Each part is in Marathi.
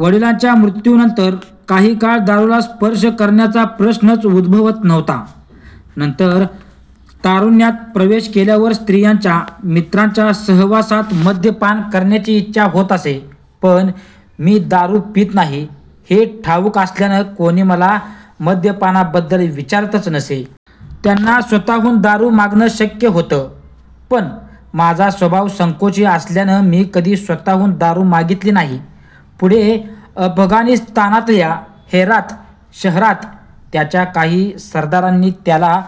वडिलांच्या मृत्यूनंतर काही काळ दारूला स्पर्श करण्याचा प्रश्नच उद्भवत नव्हता. नंतर तारुण्यात प्रवेश केल्यावर स्त्रियांच्या, मित्रांच्या सहवासात मद्यपान करण्याची इच्छा होत असे. पण मी दारू पीत नाही, हे ठाऊक असल्यानं कोणी मला मद्यपानाबद्दल विचारतच नसे. त्यांना स्वतःहून दारू मागणं शक्य होतं, पण माझा स्वभाव संकोची असल्यानं मी कधी स्वतःहून दारू मागितली नाही. पुढे अफगाणिस्तानातल्या हेरात शहरात त्याच्या काही सरदारांनी त्याला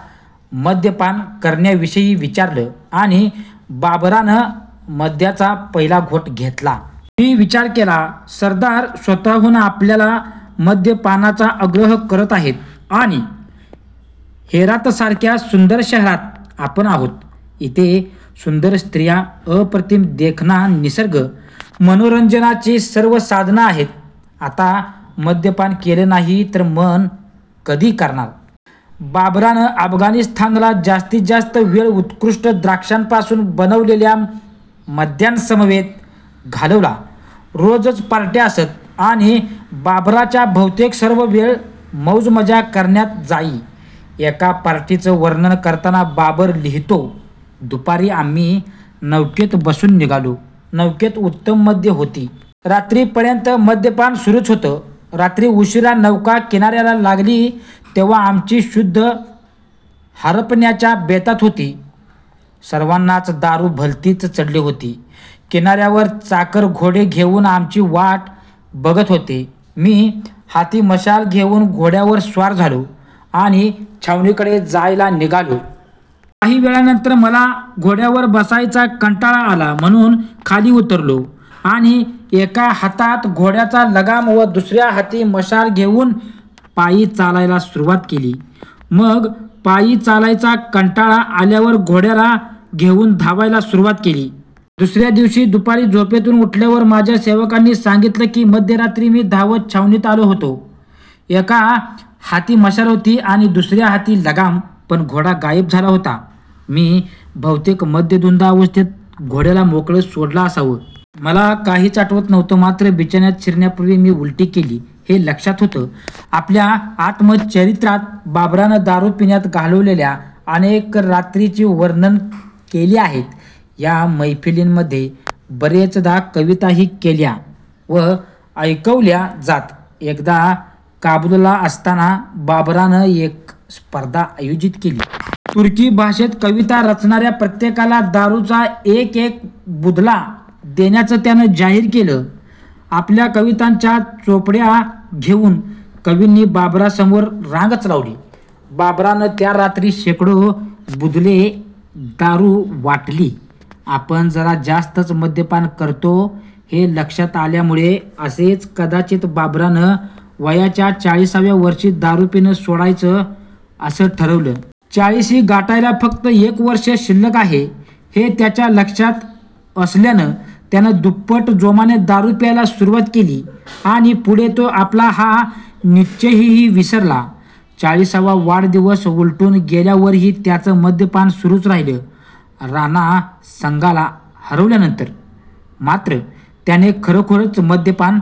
मद्यपान करण्याविषयी विचारलं, आणि बाबरानं मद्याचा पहिला घोट घेतला. मी विचार केला, सरदार स्वतःहून आपल्याला मद्यपानाचा आग्रह करत आहेत, आणि हेरातसारख्या सुंदर शहरात आपण आहोत. इथे सुंदर स्त्रिया, अप्रतिम देखणा निसर्ग, मनोरंजनाची सर्व साधनं आहेत. आता मद्यपान केलं नाही, तर मग कधी करणार? बाबरानं अफगाणिस्तानातला जास्तीत जास्त वेळ उत्कृष्ट द्राक्षांपासून बनवलेल्या मद्यांसमवेत घालवला. रोजच पार्ट्या असत, आणि बाबराच्या बहुतेक सर्व वेळ मौजमजा करण्यात जाई. एका पार्टीचं वर्णन करताना बाबर लिहितो, दुपारी आम्ही नौकेत बसून निघालो. नौकेत उत्तम मद्यं होती. रात्रीपर्यंत मद्यपान सुरूच होतं. रात्री उशिरा नौका किनाऱ्याला लागली तेव्हा आमची शुद्ध हरपण्याच्या बेतात होती. सर्वांनाच दारू भलतीच चढली होती. किनाऱ्यावर चाकर घोडे घेऊन आमची वाट बघत होते. मी हाती मशाल घेऊन घोड्यावर स्वार झालो, आणि छावणीकडे जायला निघालो. काही वेळानंतर मला घोड्यावर बसायचा कंटाळा आला, म्हणून खाली उतरलो आणि एका हातात घोड्याचा लगाम व दुसऱ्या हाती मशाल घेऊन पायी चालायला सुरुवात केली. मग पायी चालायचा कंटाळा आल्यावर घोड्याला घेऊन धावायला सुरुवात केली. दुसऱ्या दिवशी दुपारी झोपेतून उठल्यावर माझ्या सेवकांनी सांगितलं की मध्यरात्री मी धावत छावणीत आलो होतो. एका हाती मशाल होती आणि दुसऱ्या हाती लगाम. पण घोडा गायब झाला होता. मी बहुतेक मद्यधुंद अवस्थेत घोड्याला मोकळं सोडलं असावं. मला काहीच आठवत नव्हतं. मात्र बिछान्यात शिरण्यापूर्वी मी उलटी केली, हे लक्षात होतं. आपल्या आत्मचरित्रात बाबरानं दारू पिण्यात घालवलेल्या अनेक रात्रींची वर्णनं केली आहेत. या मैफिलींमध्ये बरेचदा कविताही केल्या व ऐकवल्या जात. एकदा काबुलला असताना बाबरानं एक स्पर्धा आयोजित केली. तुर्की भाषेत कविता रचणाऱ्या प्रत्येकाला दारूचा एकेक बुधला देण्याचं त्यानं जाहीर केलं. आपल्या कवितांच्या चोपड्या घेऊन कवींनी बाबरासमोर रांगच लावली. बाबरानं त्या रात्री शेकडो बुधले दारू वाटली. आपण जरा जास्तच मद्यपान करतो, हे लक्षात आल्यामुळे असेल कदाचित, बाबरानं वयाच्या चाळिसाव्या वर्षी दारू पिणं सोडायचं, असं ठरवलं. चाळिशी गाठायला फक्त एक वर्ष शिल्लक आहे, हे त्याच्या लक्षात असल्यानं त्यानं दुप्पट जोमाने दारू प्यायला सुरुवात केली, आणि पुढे तो आपला हा निश्चयही विसरला. चाळिसावा वाढदिवस उलटून गेल्यावरही त्याचं मद्यपान सुरूच राहिलं. राणा संगाला हरवल्यानंतर मात्र त्याने खरोखरंच मद्यपान